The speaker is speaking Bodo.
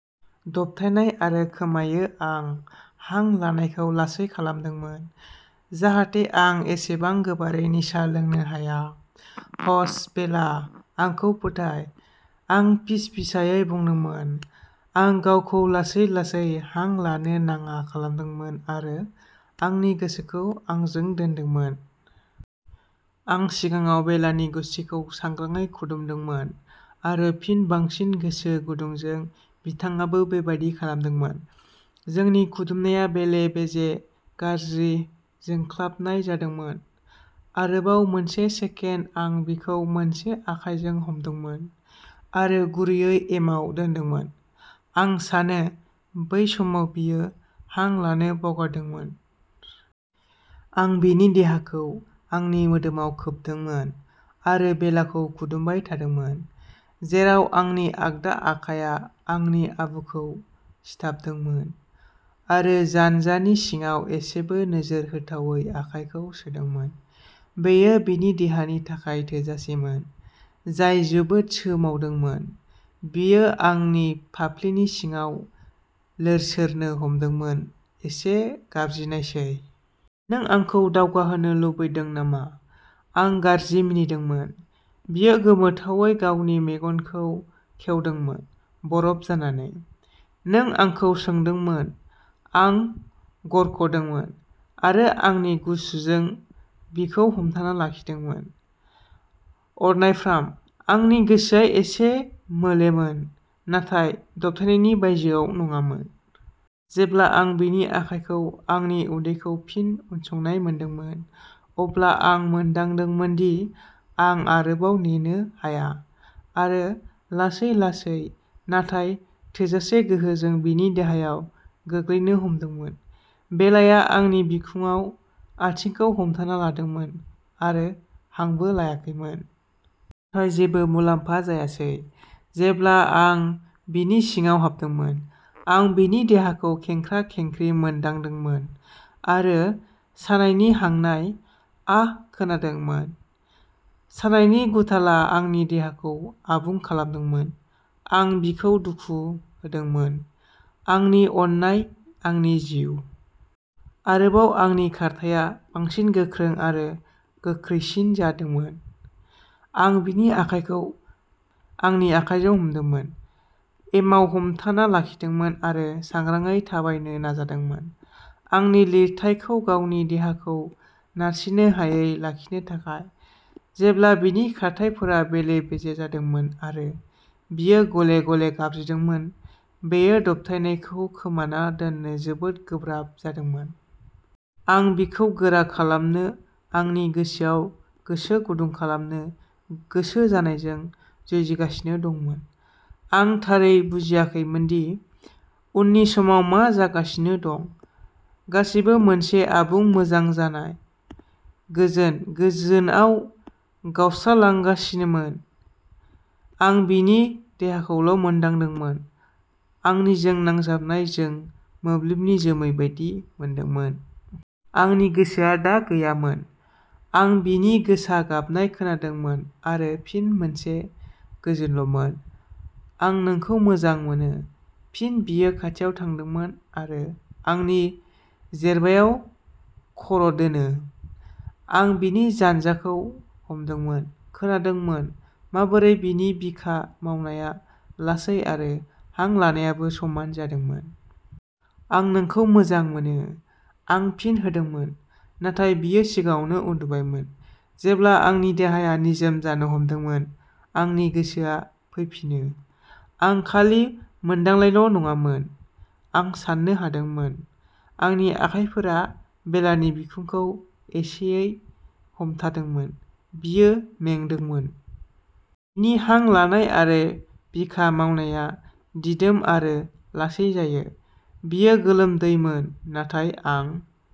दबथायनाय आरो खोमायो-आं हां लानायखौ लासै खालामदोंमोन, जाहाथे आं एसेबां गोबारै निसा लोंनो हाया। "हश, बेला, आंखौ फोथाय" आं फिसफिसायै बुंदोंमोन। आं गावखौ लासै-लासै हां लानो नाङा खालामदोंमोन आरो आंनि गोसोखौ आंजों दोनदोंमोन। आं सिगाङाव बेलानि गुसथिखौ सांग्राङै खुदुमदोंमोन आरो फिन बांसिन गोसो गुदुंजों, बिथाङाबो बेबादि खालामदोंमोन। जोंनि खुदुमनाया बेले-बेजे, गाज्रि, जोंख्लाबनाय जादोंमोन। आरोबाव मोनसे सेकेन्ड आं बिखौ मोनसे आखाइजों हमदोंमोन आरो गुरैयै एमाव दोनदोंमोन। आं सानो बै समाव बियो हां लानो बावगारदोंमोन। आं बिनि देहाखौ आंनि मोदोमाव खोबदोंमोन आरो बेलाखौ खुदुमबाय थादोंमोन, जेराव आंनि आगदा आखाया आंनि आबुखौ सिथाबदोंमोन, आरो जान्जानि सिङाव एसेबो नोजोर होथावै आखायखौ सोदोंमोन। बेयो बिनि देहानि थाखाय थोजासेमोन, जाय जोबोद सोमावदोंमोन-बियो आंनि फाफ्लिनि सिङाव लोरसोरनो हमदोंमोन, एसे गाबज्रिनायसै। "नों आंखौ दावगाहोनो लुबैदों नामा?" आं गाज्रि मिनिदोंमोन। बियो गोमोथावै गावनि मेगनखौ खेवदोंमोन, बरफ जानानै। "नों आंखौ सोंदोंमोन" आं " गरख'दोंमोन आरो आंनि गुसोजों बिखौ हमथाना लाखिदोंमोन, अरनायफ्राम। आंनि गोसोआ एसे मोलेमोन, नाथाय दबथायनायनि बायजोआव नङामोन। जेब्ला आं बिनि आखाइखौ आंनि उदैखौ फिन उनसंनाय मोनदोंमोन, अब्ला आं मोनदांदोंमोन दि आं आरोबाव नेनो हाया आरो लासै-लासै, नाथाय थोजासे गोहोजों बिनि देहायाव गोग्लैनो हमदोंमोन; बेलाया आंनि बिखुंआव आथिंखौ हमथाना लादोंमोन आरो हांबो लायाखैमोन। है जेबो मुलामफा जायासै, जेब्ला आं बिनि सिङाव हाबदोंमोन, आं बिनि देहाखौ खेंख्रा-खेंख्रि मोनदांदोंमोन आरो सानायनि हांनाय "आह" खोनादोंमोन। सानायनि गुथालआ आंनि देहाखौ आबुं खालामदोंमोन। आं बिखौ दुखु होदोंमोन। आंनि अननाय, आंनि जिउ। आरोबाव आंनि खारथाया बांसिन गोख्रों आरो गोख्रैसिन जादोंमोन। आं बिनि आखाइखौ आंनि आखाइजों हमदोंमोन, एमाव हमथाना लाखिदोंमोन आरो सांग्राङै थाबायनो नाजादोंमोन, आंनि लिरथायखौ गावनि देहाखौ नारसिन्नो हायै लाखिनो थाखाय। जेब्ला बिनि खारथाइफोरा बेले-बेजे जादोंमोन आरो बियो गले-गले गाबज्रिदोंमोन, बेयो दबथायनायखौ खोमाना दोननो जोबोद गोब्राब जादोंमोन। आं बिखौ गोरा खालामनो, आंनि गोसोयाव गोसो गुदुं खालामनो गोसो जानायजों जुजिगासिनो दंमोन। आं थारै बुजियाखैमोन दि उननि समाव मा जागासिनो दं। गासैबो मोनसे आबुं मोजां जानाय, गोजोन, गोजोनआव गावस्रालांगासिनोमोन। आं बिनि देहाखौल'मोनदांदोंमोन, आंनिजों नांजाबनाय, जों मोब्लिबनि जोमै बायदि मोनदोंमोन। आंनि गोसोआ दा गैयामोन। आं बिनि गोसा गाबनाय खोनादोंमोन आरो फिन मोनसे गोजोनल'मोन। "आं नोंखौ मोजां मोनो।" फिन बियो खाथियाव थांदोंमोन आरो आंनि जेरबायाव खर'दोनो। आं बिनि जान्जाखौ हमदोंमोन, खोनादोंमोन, माबोरै बिनि बिखा मावनाया लासै आरो हां लानायाबो समान जादोंमोन। "आं नोंखौ मोजां मोनो" आं फिन होदोंमोन, नाथाय बियो सिगाङावनो उन्दुबायमोन। जेब्ला आंनि देहाया निजोम जानो हमदोंमोन, आंनि गोसोआ फैफिनो। आं खालि मोनदांनायल'नङामोन, आं साननो हादोंमोन। आंनि आखाइफोरा बेलानि बिखुंखौ एसेयै हमथादोंमोन। बियो मेंदोंमोन। नि हां लानाय आरो बिखा मावनाया दिदोम आरो लासै जायो। बियो गोलोमदैमोन, नाथाय आं